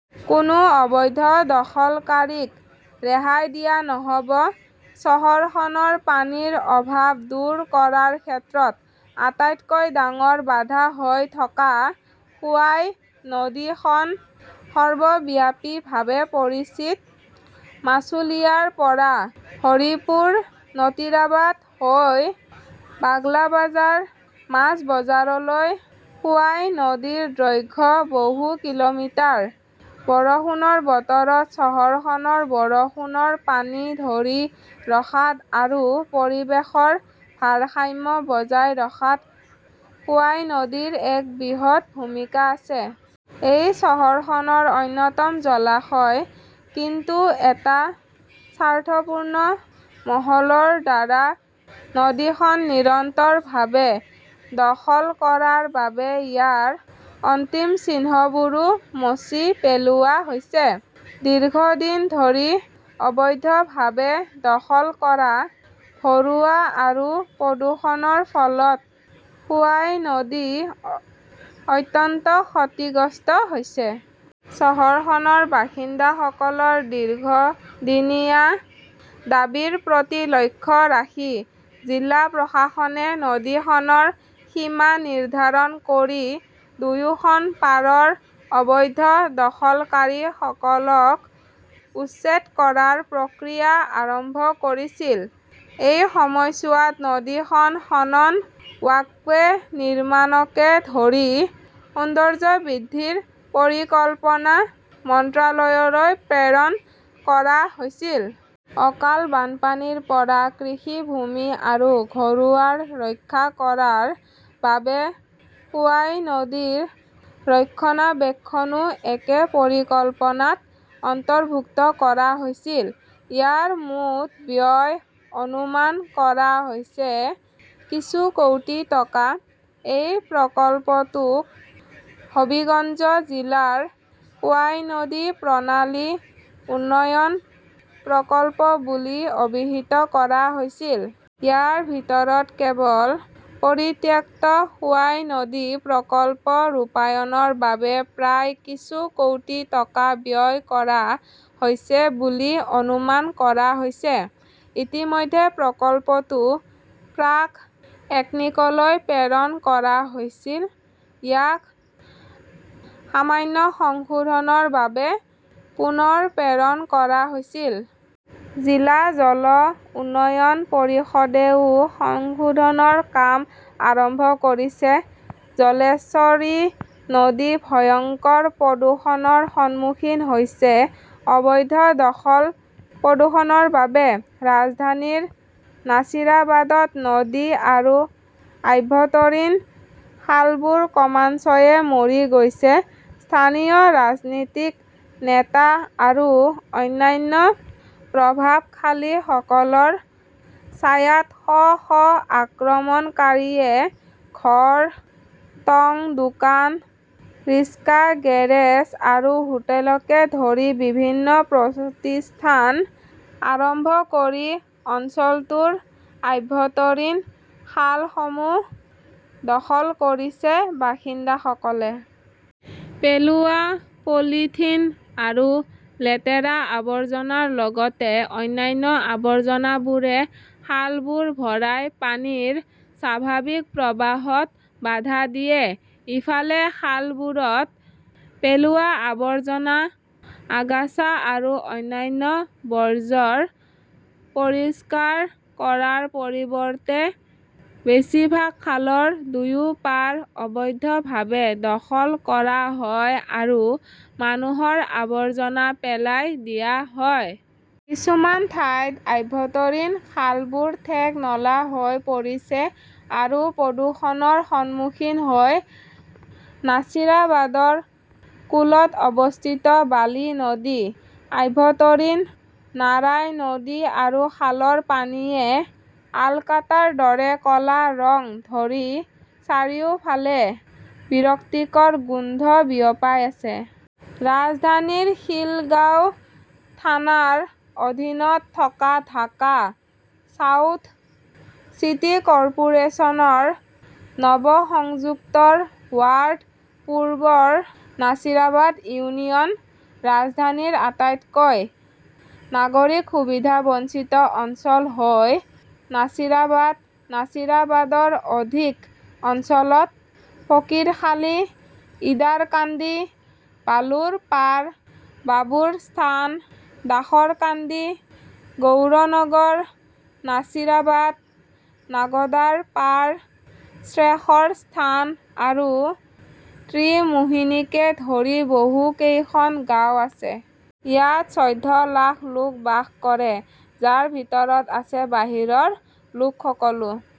কোনো অবৈধ দখলকাৰীক ৰেহাই দিয়া নহ'ব। চহৰখনৰ পানীৰ অভাৱ দূৰ কৰাৰ ক্ষেত্ৰত আটাইতকৈ ডাঙৰ বাধা হৈ থকা খোৱাই নদীখন সৰ্বব্যাপীভাৱে পৰিচিত। মাছুলিয়াৰ পৰা হৰিপুৰ-নটীৰাবাদ হৈ বাগলাবাজাৰ, মাছবজাৰলৈ খোৱাই নদীৰ দৈৰ্ঘ্য বহু কিলোমিটাৰ। বৰষুণৰ বতৰত চহৰখনৰ বৰষুণৰ পানী ধৰি ৰখাত আৰু পৰিৱেশৰ ভাৰসাম্য বজাই ৰখাত খোৱাই নদীৰ এক বৃহৎ ভূমিকা আছে। ই চহৰখনৰ অন্যতম জলাশয়। কিন্তু এটা স্বাৰ্থপূৰ্ণ মহলৰ দ্বাৰা নদীখন নিৰন্তৰভাৱে দখল কৰাৰ বাবে ইয়াৰ অন্তিম চিহ্নবোৰো মচি পেলোৱা হৈছে। দীৰ্ঘদিন ধৰি অবৈধভাৱে দখল কৰা, ভৰোৱা আৰু প্ৰদূষণৰ ফলত খোৱাই নদী অত্যন্ত ক্ষতিগ্ৰস্ত হৈছে। চহৰখনৰ বাসিন্দাসকলৰ দীৰ্ঘদিনীয়া দাবীৰ প্ৰতি লক্ষ্য ৰাখি জিলা প্ৰশাসনে নদীখনৰ সীমা নিৰ্ধাৰণ কৰি দুয়োখন পাৰৰ অবৈধ দখলকাৰীসকলক উচ্ছেদ কৰাৰ প্ৰক্ৰিয়া আৰম্ভ কৰিছিল। এই সময়ছোৱাত নদীখন খনন, ৱাকৱে নিৰ্মাণকে ধৰি সৌন্দৰ্য্য বৃদ্ধিৰ পৰিকল্পনা মন্ত্ৰালয়লৈ প্ৰেৰণ কৰা হৈছিল। অকাল বানপানীৰ পৰা কৃষিভূমি আৰু ঘৰবোৰ ৰক্ষা কৰাৰ বাবে খোৱাই নদীৰ ৰক্ষণাবেক্ষণও একে পৰিকল্পনাত অন্তৰ্ভুক্ত কৰা হৈছিল। ইয়াৰ মুঠ ব্যয় অনুমান কৰা হৈছে কিছু কোটি টকা। এই প্ৰকল্পটোক হবিগঞ্জ জিলাৰ খোৱাই নদী প্ৰণালী উন্নয়ন প্ৰকল্প বুলি অভিহিত কৰা হৈছিল। ইয়াৰ ভিতৰত কেৱল পৰিত্যক্ত খোৱাই নদী প্ৰকল্প ৰূপায়ণৰ বাবে প্ৰায় কিছু কোটি টকা ব্যয় কৰা হৈছে বুলি অনুমান কৰা হৈছে। ইতিমধ্যে প্ৰকল্পটো প্ৰাক-একনিকলৈ প্ৰেৰণ কৰা হৈছিল, ইয়াক সামান্য সংশোধনৰ বাবে পুনৰ প্ৰেৰণ কৰা হৈছিল। জিলা জল উন্নয়ন পৰিষদেও সংশোধনৰ কাম আৰম্ভ কৰিছে। ধলেশ্বৰী নদী ভয়ংকৰ প্ৰদূষণৰ সন্মুখীন হৈছে অবৈধ দখল-প্ৰদূষণৰ বাবে ।ৰাজধানীৰ নাছিৰাবাদত নদী আৰু আভ্যন্তৰীণ খালবোৰ ক্ৰমান্বয়ে মৰি গৈছে। স্থানীয় ৰাজনৈতিক নেতা আৰু অন্যান্য প্ৰভাৱশালীসকলৰ ছায়াত শ শ আক্ৰমণকাৰীয়ে ঘৰ, টঙ দোকান, ৰিক্সা গেৰেজ আৰু হোটেলকে ধৰি বিভিন্ন প্ৰতিষ্ঠান আৰম্ভ কৰি অঞ্চলটোৰ আভ্যন্তৰীণ খালসমূহ দখল কৰিছে। বাসিন্দাসকলে পেলোৱা পলিথিন আৰু লেতেৰা আৱৰ্জনাৰ লগতে অন্যান্য আৱৰ্জনাবোৰে খালবোৰ ভৰাই পানীৰ স্বাভাৱিক প্ৰবাহত বাধা দিয়ে। ইফালে, খালবোৰত পেলোৱা আৱৰ্জনা, আগাছা আৰু অন্যান্য বৰ্জ্য পৰিষ্কাৰ কৰাৰ পৰিৱৰ্তে বেছিভাগ খালৰ দুয়োপাৰ অবৈধভাৱে দখল কৰা হয় আৰু মানুহৰ আৱৰ্জনা পেলাই দিয়া হয়। কিছুমান ঠাইত আভ্যন্তৰীণ খালবোৰ ঠেক নলা হৈ পৰিছে আৰু প্ৰদূষণৰ সন্মুখীন হৈ নাছিৰাবাদৰ কোলত অৱস্থিত বালি নদী, আভ্যন্তৰীণ নাৰাই নদী আৰু খালৰ পানীয়ে আলকাটাৰ দৰে ক 'লা ৰং ধৰি চাৰিওফালে বিৰক্তিকৰ গোন্ধ বিয়পাই আছে। ৰাজধানীৰ খিলগাঁও থানাৰ অধীনত থকা ঢাকা চাউথ চিটি কৰ্পোৰেচন ৰ নৱ-সংযুক্ত ৱাৰ্ড, পূৰ্বৰ নাছিৰাবাদ ইউনিয়ন। ৰাজধানীৰ আটাইতকৈ নাগৰিক সুবিধাবঞ্চিত অঞ্চল হৈছে নাছিৰাবাদ। নাছিৰাবাদৰ অধিক অঞ্চলত ফকীৰখালী, ইদাৰকান্দি, বালুৰপাৰ, বাবুৰ স্থান, দাসৰকান্দি, গৌড়নগৰ, নাছিৰাবাদ, নাগদাৰপাৰ, শ্বেখৰ স্থান আৰু ত্ৰিমোহনীকে ধৰি বহুকেইখন গাঁও আছে। ইয়াত চৌধ্য লাখ লোক বাস কৰে, যাৰ ভিতৰত আছে বাহিৰৰ লোকসকলো।